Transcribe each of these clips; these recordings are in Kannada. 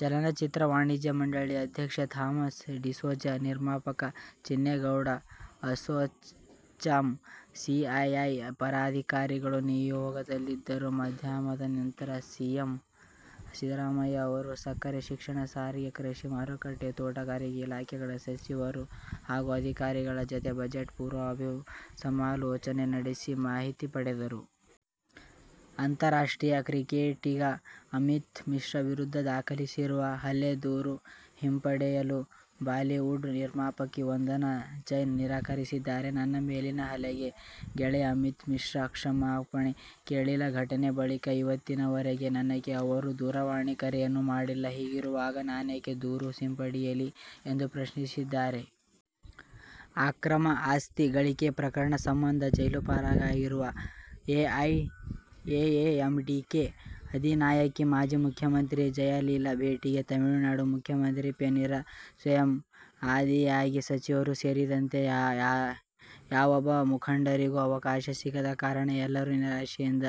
ಚಲನಚಿತ್ರ ವಾಣಿಜ್ಯ ಮಂಡಳಿ ಅಧ್ಯಕ್ಷ ಥಾಮಸ್ ಡಿಸೋಜ, ನಿರ್ಮಾಪಕ ಚಿನ್ನೇಗೌಡ, ಅಸೋಚಾಮ್, ಸಿಐಐ ಪದಾಧಿಕಾರಿಗಳು ನಿಯೋಗದಲ್ಲಿದ್ದರು. ಮಧ್ಯಾಹ್ನದ ನಂತರ ಸಿಎಂ ಸಿದ್ದರಾಮಯ್ಯ ಅವರು ಸಕ್ಕರೆ, ಶಿಕ್ಷಣ, ಸಾರಿಗೆ, ಕೃಷಿ ಮಾರುಕಟ್ಟೆ, ತೋಟಗಾರಿಕೆ ಇಲಾಖೆಗಳ ಸಚಿವರು ಹಾಗೂ ಅಧಿಕಾರಿಗಳ ಜತೆ ಬಜೆಟ್ ಪೂರ್ವಭಾವಿ ಸಮಾಲೋಚನೆ ನಡೆಸಿ ಮಾಹಿತಿ ಪಡೆದರು. ಅಂತಾರಾಷ್ಟ್ರೀಯ ಕ್ರಿಕೆಟಿಗ ಅಮಿತ್ ಮಿಶ್ರಾ ವಿರುದ್ಧ ದಾಖಲಿಸಿರುವ ಹಲ್ಲೆ ದೂರು ಹಿಂಪಡೆಯಲು ಬಾಲಿವುಡ್ ನಿರ್ಮಾಪಕಿ ವಂದನಾ ಜೈನ್ ನಿರಾಕರಿಸಿದ್ದಾರೆ. ನನ್ನ ಮೇಲಿನ ಹಲ್ಲೆಗೆ ಗೆಳೆಯ ಅಮಿತ್ ಮಿಶ್ರಾ ಕ್ಷಮಾಪಣೆ ಕೇಳಿಲ್ಲ. ಘಟನೆ ಬಳಿಕ ಇವತ್ತಿನವರೆಗೆ ನನಗೆ ಅವರು ದೂರವಾಣಿ ಕರೆಯನ್ನೂ ಮಾಡಿಲ್ಲ. ಹೀಗಿರುವಾಗ ನಾನೇಕೆ ದೂರು ಹಿಂಪಡಿಯಲಿ ಎಂದು ಪ್ರಶ್ನಿಸಿದ್ದಾರೆ. ಅಕ್ರಮ ಆಸ್ತಿ ಗಳಿಕೆ ಪ್ರಕರಣ ಸಂಬಂಧ ಜೈಲುಪಾಲಾಗಿರುವ ಎಐಎಎಂಡಿಕೆ ಅಧಿನಾಯಕಿ, ಮಾಜಿ ಮುಖ್ಯಮಂತ್ರಿ ಜಯಲಲಿತಾ ಭೇಟಿಗೆ ತಮಿಳುನಾಡು ಮುಖ್ಯಮಂತ್ರಿ ಪನ್ನೀರ್ ಸೆಲ್ವಂ ಆದಿಯಾಗಿ ಸಚಿವರು ಸೇರಿದಂತೆ ಯಾವೊಬ್ಬ ಮುಖಂಡರಿಗೂ ಅವಕಾಶ ಸಿಗದ ಕಾರಣ ಎಲ್ಲರೂ ನಿರಾಶೆಯಿಂದ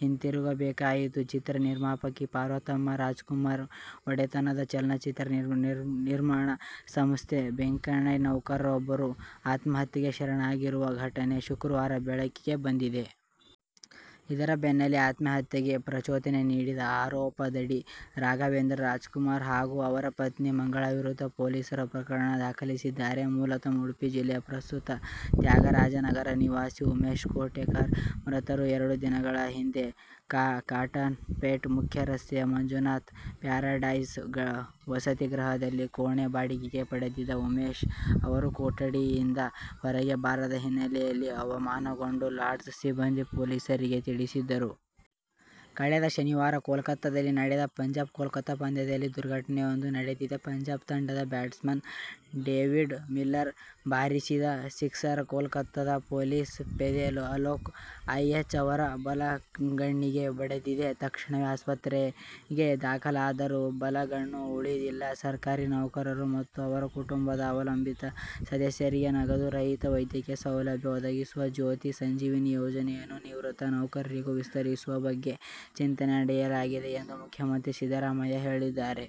ಹಿಂತಿರುಗಬೇಕಾಯಿತು. ಚಿತ್ರ ನಿರ್ಮಾಪಕಿ ಪಾರ್ವತಮ್ಮ ರಾಜ್ಕುಮಾರ್ ಒಡೆತನದ ಚಲನಚಿತ್ರ ನಿರ್ಮಾಣ ಸಂಸ್ಥೆ ಕಂಬೈನ್ಸ್ನ ನೌಕರರೊಬ್ಬರು ಆತ್ಮಹತ್ಯೆಗೆ ಶರಣಾಗಿರುವ ಘಟನೆ ಶುಕ್ರವಾರ ಬೆಳಕಿಗೆ ಬಂದಿದೆ. ಇದರ ಬೆನ್ನಲ್ಲೇ ಆತ್ಮಹತ್ಯೆಗೆ ಪ್ರಚೋದನೆ ನೀಡಿದ ಆರೋಪದಡಿ ರಾಘವೇಂದ್ರ ರಾಜ್ಕುಮಾರ್ ಹಾಗೂ ಅವರ ಪತ್ನಿ ಮಂಗಳಾ ವಿರುದ್ಧ ಪೊಲೀಸರು ಪ್ರಕರಣ ದಾಖಲಿಸಿದ್ದಾರೆ. ಮೂಲತಃ ಉಡುಪಿ ಜಿಲ್ಲೆಯ, ಪ್ರಸ್ತುತ ತ್ಯಾಗರಾಜನಗರ ನಿವಾಸಿ ಉಮೇಶ್ ಕೋಟೆಕಾರ್ ಮೃತರು. ಎರಡು ದಿನಗಳ ಹಿಂದೆ ಕಾಟನ್ಪೇಟೆ ಮುಖ್ಯರಸ್ತೆಯ ಮಂಜುನಾಥ್ ಪ್ಯಾರಡೈಸ್ ವಸತಿ ಗೃಹದಲ್ಲಿ ಕೋಣೆ ಬಾಡಿಗೆ ಪಡೆದಿದ್ದ ಉಮೇಶ್ ಅವರು, ಕೊಠಡಿಯಿಂದ ಹೊರಗೆ ಬಾರದ ಹಿನ್ನೆಲೆಯಲ್ಲಿ ಅನುಮಾನಗೊಂಡು ಲಾಡ್ಜ್ ಸಿಬ್ಬಂದಿ ಪೊಲೀಸರಿಗೆ ತಿಳಿಸಿದ್ದರು. ಕಳೆದ ಶನಿವಾರ ಕೋಲ್ಕತಾದಲ್ಲಿ ನಡೆದ ಪಂಜಾಬ್-ಕೋಲ್ಕತಾ ಪಂದ್ಯದಲ್ಲಿ ದುರ್ಘಟನೆಯೊಂದು ನಡೆದಿದೆ. ಪಂಜಾಬ್ ತಂಡದ ಬ್ಯಾಟ್ಸ್ಮನ್ ಡೇವಿಡ್ ಮಿಲ್ಲರ್ ಬಾರಿಸಿದ ಸಿಕ್ಸರ್ ಕೋಲ್ಕತಾದ ಪೊಲೀಸ್ ಪೇದೆ ಅಲೋಕ್ ಐಚ್ ಅವರ ಬಲಗಣ್ಣಿಗೆ ಬಡಿದಿದೆ. ತಕ್ಷಣವೇ ಆಸ್ಪತ್ರೆಗೆ ದಾಖಲಾದರೂ ಬಲಗಣ್ಣು ಉಳಿದಿಲ್ಲ. ಸರ್ಕಾರಿ ನೌಕರರು ಮತ್ತು ಅವರ ಕುಟುಂಬದ ಅವಲಂಬಿತ ಸದಸ್ಯರಿಗೆ ನಗದು ರಹಿತ ವೈದ್ಯಕೀಯ ಸೌಲಭ್ಯ ಒದಗಿಸುವ "ಜ್ಯೋತಿ ಸಂಜೀವಿನಿ ಯೋಜನೆಯನ್ನು ನಿವೃತ್ತ ನೌಕರರಿಗೂ ವಿಸ್ತರಿಸುವ ಬಗ್ಗೆ ಚಿಂತನೆ ನಡೆಸಲಾಗಿದೆ ಎಂದು ಮುಖ್ಯಮಂತ್ರಿ ಸಿದ್ದರಾಮಯ್ಯ ಹೇಳಿದ್ದಾರೆ.